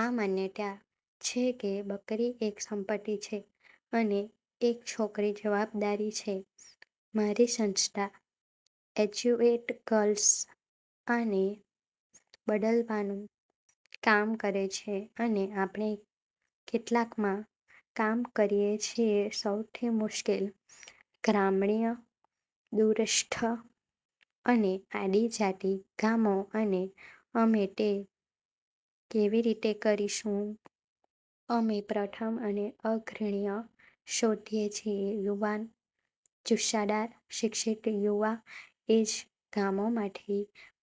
આ માન્યતા છે કે બકરી એક સંપત્તિ છે અને એક છોકરી જવાબદારી છે. મારી સંસ્થા એજ્યુએટ ગર્લ્સ આને બદલવાનું કામ કરે છે. અને આપણે કેટલાકમાં કામ કરીએ છીએ સૌથી મુશ્કેલ, ગ્રામીણ, દૂરસ્થ અને આદિજાતિ ગામો અને અમે તે કેવી રીતે કરીશું? અમે પ્રથમ અને અગ્રણી શોધીએ છીએ યુવાન, જુસ્સાદાર, શિક્ષિત યુવા એ જ ગામોમાંથી.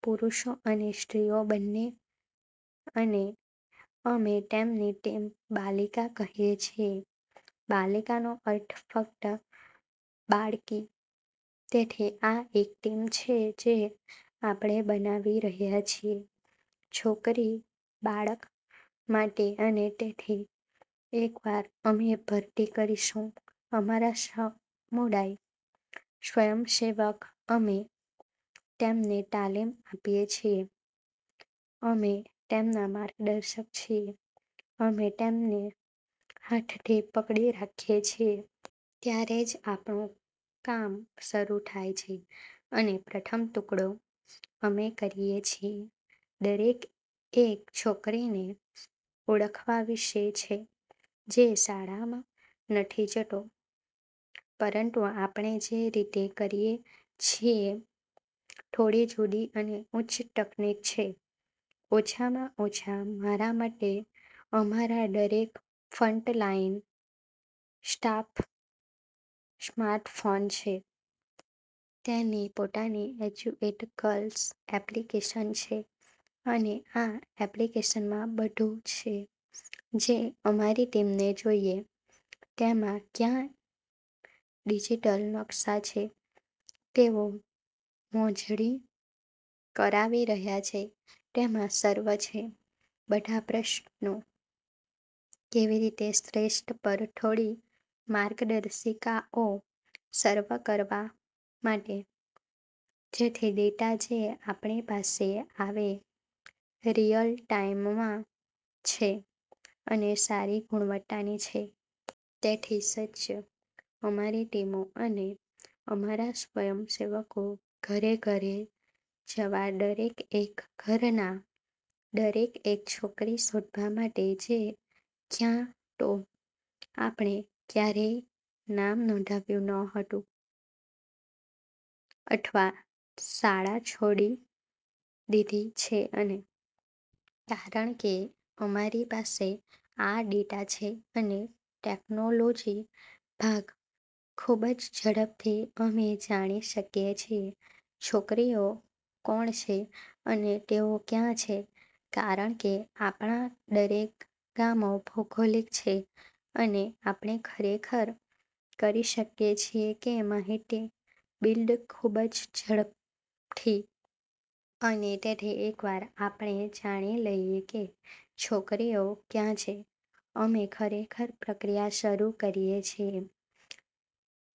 પુરુષો અને સ્ત્રીઓ બંને. અને અમે તેમને ટીમ બાલિકા કહીએ છીએ, બાલિકાનો અર્થ ફક્ત બાળકી, તેથી આ એક ટીમ છે જે આપણે બનાવી રહ્યા છીએ છોકરી બાળક માટે અને તેથી એકવાર અમે ભરતી કરીશું અમારા સમુદાય સ્વયંસેવક અમે તેમને તાલીમ આપીએ છીએ, અમે તેમના માર્ગદર્શક છીએ, અમે તેમને હાથથી પકડી રાખીએ છીએ. ત્યારે જ આપણું કામ શરૂ થાય છે અને પ્રથમ ટુકડો અમે કરીએ છીએ. દરેક એક છોકરીને ઓળખવા વિશે છે જે શાળામાં નથી જતો. પરંતુ આપણે જે રીતે કરીએ છીએ થોડી જુદી અને ઉચ્ચ તકનીક છે, ઓછામાં ઓછા મારા મતે અમારા દરેક ફ્રન્ટલાઈન સ્ટાફ સ્માર્ટફોન છે. તેની પોતાની એજ્યુએટ ગર્લ્સ એપ્લિકેશન છે અને આ એપ્લિકેશનમાં બધું છે, જે અમારી ટીમને જોઈએ. તેમાં ક્યાં ડિજિટલ નકશા છે તેઓ મોજણી કરાવી રહ્યા છે, તેમાં સર્વે છે, બધા પ્રશ્નો, કેવી રીતે શ્રેષ્ઠ પર થોડી માર્ગદર્શિકાઓ સર્વે કરવા માટે, જેથી ડેટા જે આપણી પાસે આવે રીઅલ ટાઇમમાં છે અને સારી ગુણવત્તાની છે. તેથી સજ્જ, અમારી ટીમો અને અમારા સ્વયંસેવકો ઘરે ઘરે જવા દરેક એક ઘરના દરેક એક છોકરી શોધવા માટે જે ક્યાં તો આપણે ક્યારેય નામ નોંધાવ્યું ન હતું અથવા શાળા છોડી દીધી છે. અને કારણ કે અમારી પાસે આ ડેટા છે અને ટેકનોલોજી ભાગ, ખૂબ જ ઝડપથી અમે જાણી શકીએ છીએ છોકરીઓ કોણ છે અને તેઓ ક્યાં છે, કારણ કે આપણા દરેક ગામો ભૌગોલિક છે, અને આપણે ખરેખર કરી શકીએ છીએ કે માહિતી બિલ્ડ ખૂબ જ ઝડપથી. અને તેથી એકવાર આપણે જાણી લઈએ કે છોકરીઓ ક્યાં છે. અમે ખરેખર પ્રક્રિયા શરૂ કરીએ છીએ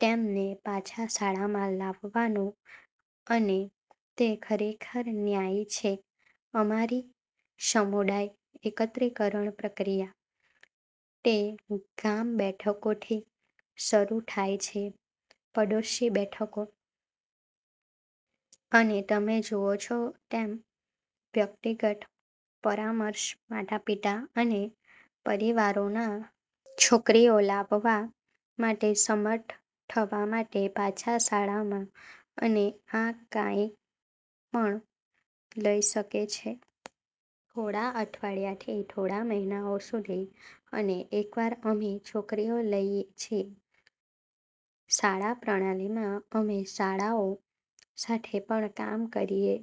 તેમને પાછા શાળામાં લાવવાનો અને તે ખરેખર ન્યાયી છે. અમારી સમુદાય એકત્રીકરણ પ્રક્રિયા, તે ગામ બેઠકોથી શરૂ થાય છે, પડોશી બેઠકો, અને તમે જુઓ છો તેમ, વ્યક્તિગત પરામર્શ માતાપિતા અને પરિવારોના, છોકરીઓ લાવવા માટે સમર્થ થવા માટે પાછા શાળામાં અને આ કંઈપણ લઈ શકે છે. થોડા અઠવાડિયાથી થોડા મહિનાઓ સુધી અને એકવાર અમે છોકરીઓ લઈએ છીએ શાળા પ્રણાલીમાં, અમે શાળાઓ સાથે પણ કામ કરીએ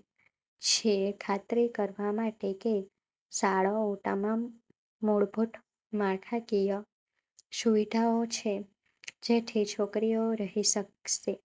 છીએ ખાતરી કરવા માટે કે શાળાઓ તમામ મૂળભૂત માળખાકીય સુવિધાઓ છે જેથી છોકરીઓ રહી શકશે.